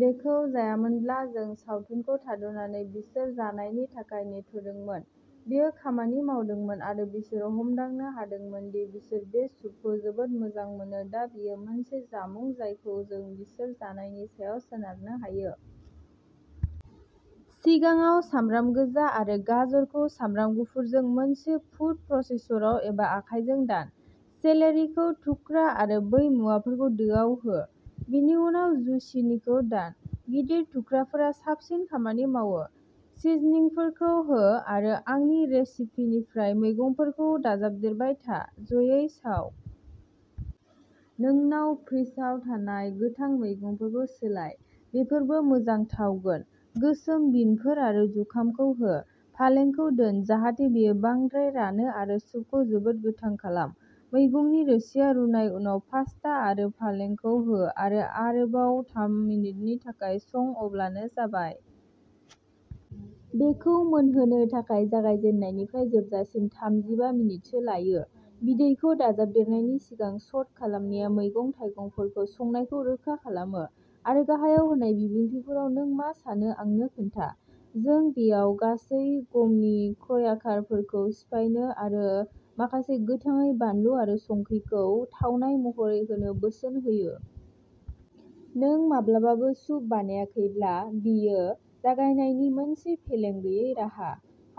बेखौ जायामोनब्ला जों सावथुनखौ थाद'नानै बिसोर जानायनि थाखाय नेथ'दोंमोन। बेयो खामानि मावदोंमोन, आरो बिसोरो हमदांनो हादोंमोन दि बिसोर बे सुपखौ जोबोद मोजां मोनो, दा बेयो मोनसे जामुं जायखौ जों बिसोर जानायनि सायाव सोनारनो हायो। सिगाङाव सामब्राम गोजा आरो गाजरखौ सामब्राम गुफुरजों, मोनसे फुद प्रसेसराव, एबा आखायजों दान। सेलेरिखौ थुख्रा आरो बै मुवाफोरखौ दोआव हो। बेनि उनाव जुचिनीखौ दान। गिदिर थुख्राफोरा साबसिन खामानि मावो। सिजनिंफोरखौ हो, आरो आंनि रेसिपिनिफ्राय मैगंफोरखौ दाजाबदेरबाय था, ज'यै साव। नोंनाव फ्रिजआव थानाय गोथां मैगंफोरखौ सोलाय, बेफोरबो मोजां थावगोन। गोसोम बिनफोर आरो जुखामखौ हो। पालेंखौ दोन, जाहाथे बेयो बांद्राय रानो आरो सुपखौ जोबोद गोथां खालाम। मैगंनि रोसिआ रुनाय उनाव पास्ता आरो पालेंखौ हो आरो आरोबाव थाम मिनिटनि थाखाय सं अब्लानो जाबाय। बेखौ मोनहोनो थाखाय जागायजेननायनिफ्राय जोबजासिम थामजिबा मिनिटसो लायो। बिदैखौ दाजाबदेरनायनि सिगां स'ट खालामनाया मैगं-थाइगंफोरखौ संनायखौ रोखा खालामो। आरो गाहायाव होनाय बिबुंथिफोराव नों मा सानो आंनो खोन्था। जों बेयाव गासै गमनि क्र्याकारफोरखौ सिफायनो आरो माखासे गोथाङै बानलु आरो संख्रिखौ थावनाय महरै होनो बोसोन होयो। नों माब्लाबाबो सुप बानायाखैब्ला, बेयो जागायनायनि मोनसे फेलें गैयै राहा।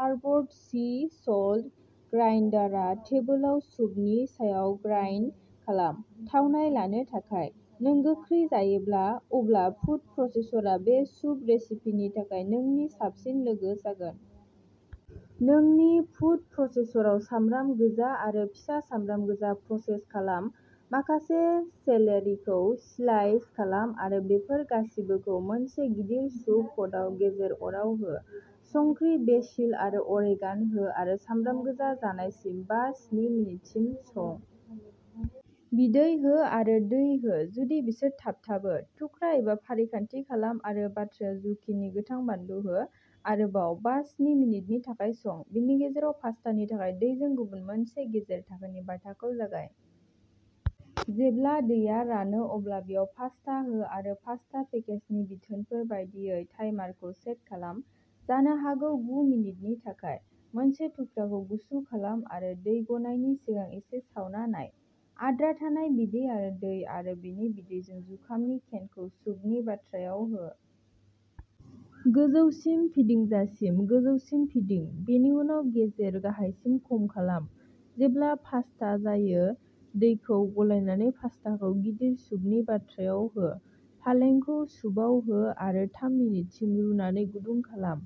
हार्बड सी सल्ट ग्राइन्डारआ टेबोलाव सुपनि सायाव ग्राइन्ड खालाम, थावनाय लानो थाखाय। नों गोख्रै जायोब्ला, अब्ला फुद प्रसेसरआ बे सुप रेसिपिनि थाखाय नोंनि साबसिन लोगो जागोन। नोंनि फुद प्रसेसराव सामब्राम गोजा आरो फिसा सामब्राम गोजा प्रसेस खालाम। माखासे सेलेरिखौ स्लाइस खालाम आरो बेफोर गासिबोखौ मोनसे गिदिर सुप पटआव गेजेर अराव हो। संख्रि, बेसिल आरो अरेगान' हो आरो सामब्राम गोजा जानायसिम बा- स्नि मिनिटसिम सं। बिदै हो आरो दै हो, जुदि बिसोर थाबथाबो। थुख्रा एबा फारिखान्थि खालाम आरो बाथ्रायाव जुकिनि, गोथां बानलु हो। आरोबाव बा- स्नि मिनिटनि थाखाय सं। बेनि गेजेराव, पास्तानि थाखाय दैजों गुबुन मोनसे गेजेर-थाखोनि बाथाखौ जागाय। जेब्ला दैया रानो, अब्ला बेयाव पास्ता हो आरो पास्ता पेकेजनि बिथोनफोर बायदियै टाइमारखौ सेट खालाम। जानो हागौ गु मिनिटनि थाखाय। मोनसे थुख्राखौ गुसु खालाम आरो दै गनायनि सिगां एसे सावना नाय। आद्रा थानाय बिदै आरो दै आरो बेनि बिदैजों जुखामनि केनखौ सुपनि बाथ्रायाव हो। गोजौसिम फिदिंजासिम गोजौसिम फिदिं, बेनि उनाव गेजेर गाहायसिम खम खालाम। जेब्ला पास्ता जायो, दैखौ गलायनानै पास्टाखौ गिदिर सुपनि बाथ्रायाव हो। पालेंखौ सुपआव हो आरो थाम मिनिटसिम रुनानै गुदुं खालाम।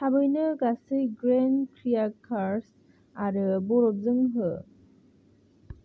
थाबैनो गासै ग्रेइन क्र्याकार्स आरो बरफजों हो।